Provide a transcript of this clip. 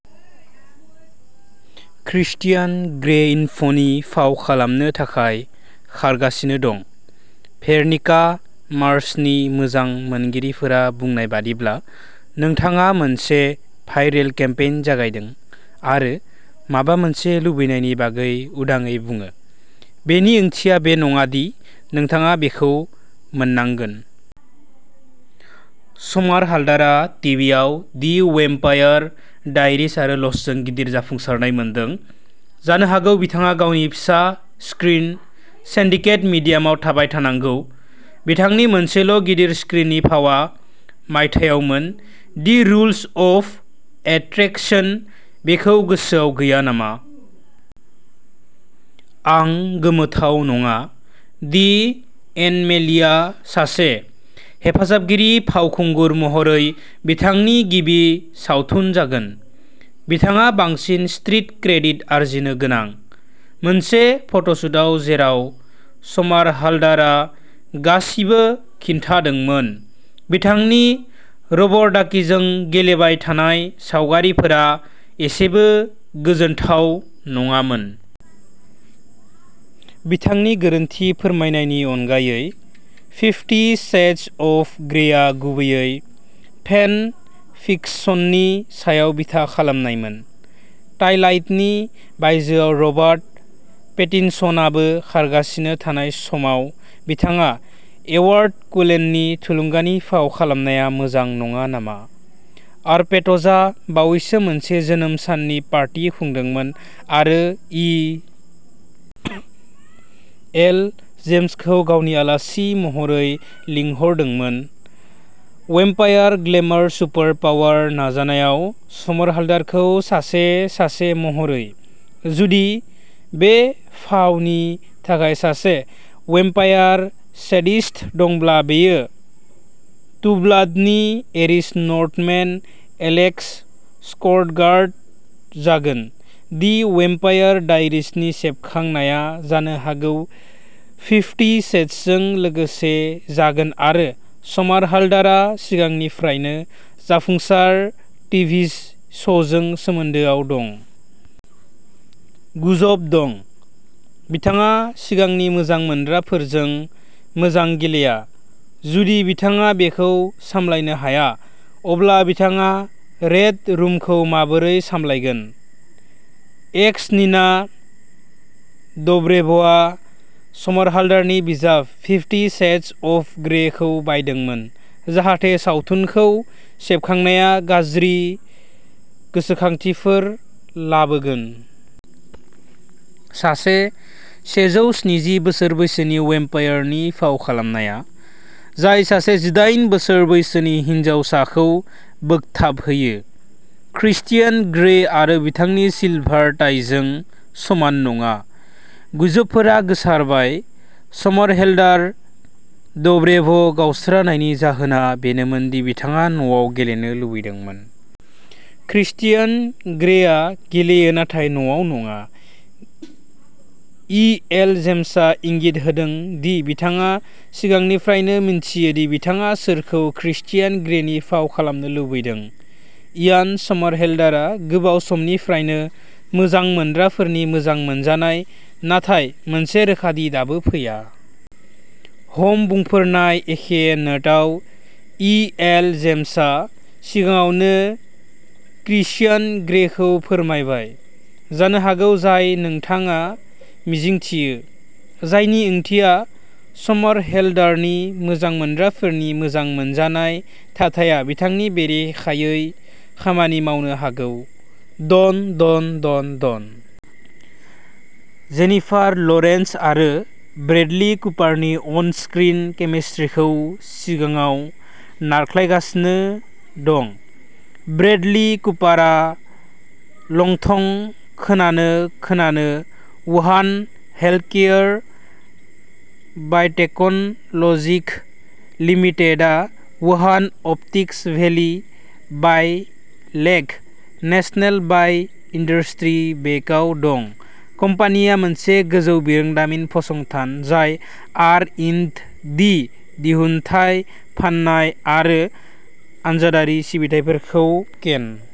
Cristiano Grey इनफनि फाव खालामनो थाखाय खारगासिनो दं। भेर'निका मार्सनि मोजां मोनगिरिफोरा बुंनाय बादिब्ला नोंथाङा मोनसे भाइरेल केम्पेइन जागायदों आरो माबा मोनसे लुबैनायनि बागै उदाङै बुङो। बेनि ओंथिया बे नङा दि नोंथाङा बेखौ मोननांगोन। समारहाल्डारआ टीवीआव दि वेम्पायर डायरीज आरो लस्टजों गिदिर जाफुंसारनाय मोनदों। जानो हागौ बिथाङा गावनि फिसा स्क्रिन सिन्डिकेट मिडियामाव थाबाय थानांगौ। बिथांनि मोनसेल' गिदिर स्क्रिननि फावआ मायथाइयावमोन। The rules of attraction. बेखौ गोसोआव गैया नामा? आं गोमोथाव नङा। दि एन'मेलिआ सासे हेफाजाबगिरि फावखुंगुर महरै बिथांनि गिबि सावथुन जागोन। बिथाङा बांसिन स्ट्रीट क्रेडिट आरजिनो गोनां। मोनसे फटसुटआव जेराव समारहालडारआ गासिबो खिन्थादोंमोन। बिथांनि रबर डाकीजों गेलेबाय थानाय सावगारिफोरा एसेबो गोजोनथाव नङामोन। बिथांनि गोरोन्थि फोरमायनायनि अनगायै। फिफ्टी सेडस अफ ग्रेआ गुबैयै फेन फिक्शननि सायाव बिथा खालामनायमोन। टाइलाइटनि बायजोआव रबार्ट पेटिनसनआबो खारगासिनो थानाय समाव बिथाङा एडवार्ड कुलेननि थुलुंगानि फाव खालामनाया मोजां नङा नामा? आरपेटजआ बावैसो मोनसे जोनोम साननि पार्टी खुंदोंमोन आरो इ. एल. जेम्सखौ गावनि आलासि महरै लिंहरदोंमोन। वेम्पायर ग्लेमार सुपार पावार नाजानायाव समारहालडारखौ सासे सासे महरै। जुदि बे फावनि थाखाय सासे वेम्पायर सेडिस्ट दंब्ला बेयो टुब्लाडनि एरिस नर्थमेन एलेक्स स्कर्सगार्ड जागोन। दि वेम्पायर डायरीजनि सेबखांनाया जानो हागौ फिफ्टी शेड्सजों लोगोसे जागोन आरो समारहालडारआ सिगांनिफ्रायनो जाफुंसार टिभि श'जों सोमोन्दोआव दं। गुजब दं। बिथाङा सिगांनि मोजां मोनग्राफोरजों मोजां गेलेया। जुदि बिथाङा बेखौ सामलायनो हाया। अब्ला बिथाङा रेड रुमखौ माबोरै सामलायगोन? एक्स नीना डब्रेभआ समारहालडारनि बिजाब फिफ्टी शेड्स अफ ग्रेखौ बायदोंमोन। जाहाथे सावथुनखौ सेबखांनाया गाज्रि गोसोखांथिफोर लाबोगोन। सासे सेजौ स्निजि बोसोर बैसोनि वेम्पायरनि फाव खालामनाया। जाय सासे जिदाइन बोसोर बैसोनि हिनजावसाखौ बोगथाबहोयो। क्रिस्टियान ग्रे आरो बिथांनि सिलभार टाइजों समान नङा। गुजबफोरा गोसारबाय। समारहेलडार डब्रेभ गावस्रानायनि जाहोना बेनोमोन दि बिथाङा न'आव गेलेनो लुबैदोंमोन। क्रिस्टियान ग्रेआ गेलेयो नाथाय न'आव नङा। इ. एल. जेम्सआ इंगित होदों दि बिथाङा सिगांनिफ्रायनो मिन्थियो दि बिथाङा सोरखौ क्रिस्टियान ग्रेनि फाव खालामनो लुबैदों। इयान समारहेलडारआ गोबाव समनिफ्रायनो मोजां मोनग्राफोरनि मोजां मोनजानाय नाथाय मोनसे रोखाथि दाबो फैया। हम बुंफोरनाय एखे नोटआव इ. एल. जेम्सआ सिगाङावनो क्रिसियान ग्रेखौ फोरमायबाय जानो हागौ जाय नोंथाङा मिजिंथियो। जायनि ओंथिया समारहेलडारनि मोजां मोनग्राफोरनि मोजां मोनजानाय थाथाया बिथांनि बेरेखायै खामानि मावनो हागौ। डन. डन. डन. डन. जेनिफार लरेन्स आरो ब्रैडली कुपारनि अन स्क्रिन केमिस्ट्रिखौ सिगाङाव नारख्लायगासिनो दं। ब्रैडली कुपारआ लंथं खोनानो खोनानो वुहान हेल्थकेयार बाय'टेकन'ल'जि क'। लिमिटेडआ वुहान अपटिक्स भेलि बाय' लेक नेशनल बाय' इन्डास्ट्रि बेकआव दं। कम्पानिया मोनसे गोजौ बिरोंदामिन फसंथान जाय आर. इन्ड. डि., दिहुनथाय फाननाय आरो आनजादारि सिबिथाइफोरखौ केन